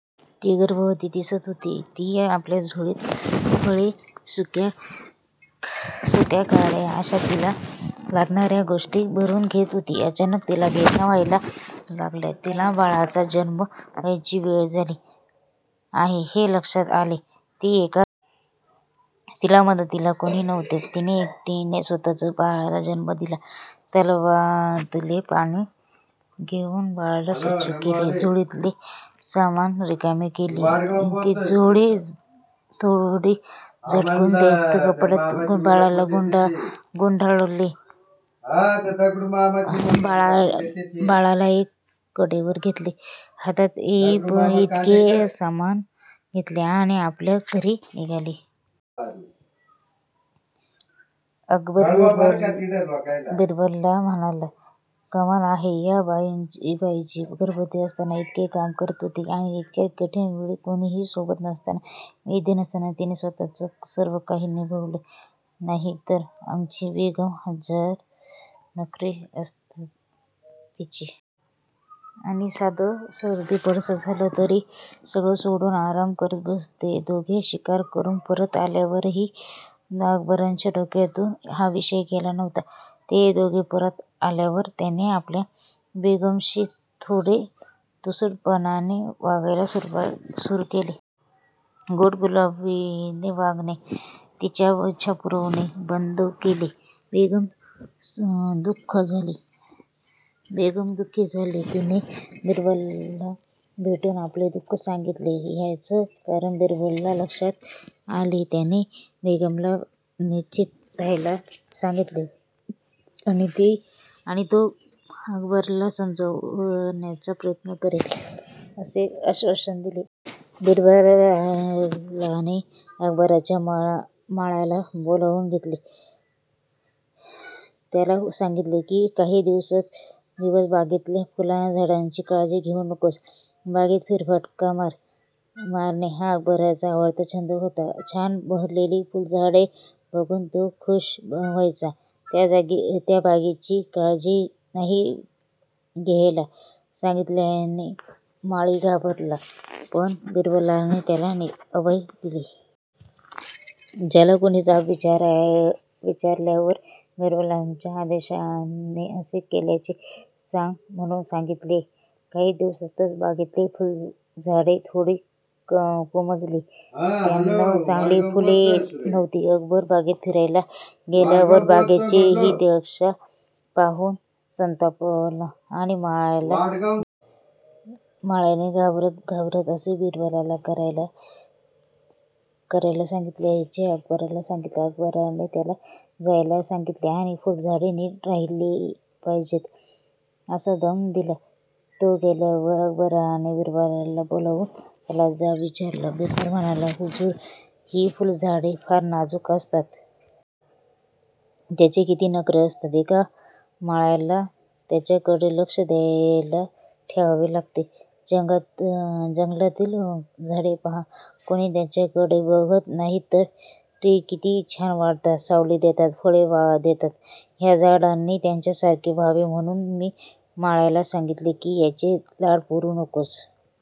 ती गर्भवती दिसत होती. ती आपल्या झोळीत फळे, सुक्या काड्या अशा तिला लागणाऱ्या गोष्टी भरून घेत होती. अचानक तिला वेदना व्हायला लागल्या. तिला बाळाचा जन्म व्हायची वेळ झाली आहे हे लक्षात आले. ती एका झाडाच्या आडोशाला गेली. तिला मदतीला कोणी नव्हते. तिने एकटीने स्वतःच बाळाला जन्म दिला. तलावातले पाणी घेऊन बाळाला स्वच्छ केले. झोळीतले सामान रिकामे केले, झोळी थोडी झटकून त्याच कपड्यात बाळाला गुंडाळले. बाळाला एका कडेवर घेतले, हातात येईल तितके सामान घेतले आणि आपल्या घरी निघाली. अकबर बिरबलाला म्हणाला. कमाल आहे या बाईची. गर्भवती असताना इतके काम करत होती. आणि इतक्या कठीण वेळी कोणीही सोबत नसताना, वैद्य नसताना तिने स्वतःच सर्व काही निभावले. नाही तर आमची बेगम. हजार नखरे असतात तिचे. आणि साधं सर्दी पडसं झालं तरी सगळं सोडून आराम करत बसते. दोघे शिकार करून परत आल्यावरही अकबराच्या डोक्यातुन हा विषय गेला नव्हता. ते दोघे परत आल्यावर त्याने आपल्या बेगमशी थोडे तुसडेपणाने वागायला सुरु केले. गोडीगुलाबीने वागणे, तिच्या इच्छा पुरवणे बंद केले. बेगम दुःखी झाली. तिने बिरबलाला भेटून आपले दुःख सांगितले. ह्याचे कारण बिरबलाच्या लक्षात आले. त्याने बेगमला निश्चित राहायला सांगितले आणि तो अकबराला समजावण्याचा प्रयत्न करेल असे आश्वासन दिले. बिरबलाने अकबराच्या माळ्याला बोलावुन घेतले. त्याला सांगितले कि काही दिवस बागेतल्या फुलझाडांची काळजी घेऊ नकोस. बागेत फेरफटका मारणे हा अकबराचा आवडता छंद होता. छान बहरलेली फुलझाडे बघुन तो खुश व्हायचा. त्या बागेची काळजी नाही घ्यायला सांगितल्याने माळी घाबरला, पण बिरबलाने त्याला अभय दिले. त्याला कोणी जाब विचारल्यावर बिरबलाच्या आदेशाने असे केल्याचे सांग म्हणुन सांगितले. काही दिवसातच बागेतली फुलझाडे थोडी कोमेजली. त्यांना चांगली फुले येत नव्हती. अकबर बागेत फिरायला गेल्यावर बागेची हि दशा पाहुन संतापला आणि माळ्याला बोलावून फैलावर घेतले. माळ्याने घाबरत घाबरत असे बिरबलाने करायला सांगितल्याचे अकबराला सांगितले. अकबराने त्याला जायला सांगितले आणि फुलझाडे नीट राहिली पाहिजेत असा दम दिला. तो गेल्यावर अकबराने बिरबलाला बोलावुन त्याला जाब विचारला. बिरबल म्हणाला हुजूर, हि फुलझाडे फारच नाजुक असतात. त्यांचे किती नखरे असतात. एका माळ्याला त्यांच्याकडे लक्ष द्यायला ठेवावे लागते. जंगलातली झाडे पहा. कोणी त्यांच्याकडे बघत नाही तरी किती छान वाढतात, सावली देतात, फळे देतात. ह्या झाडांनी त्यांच्यासारखे व्हावे म्हणुन मी माळ्याला सांगितले कि ह्यांचे लाड पुरवू नकोस.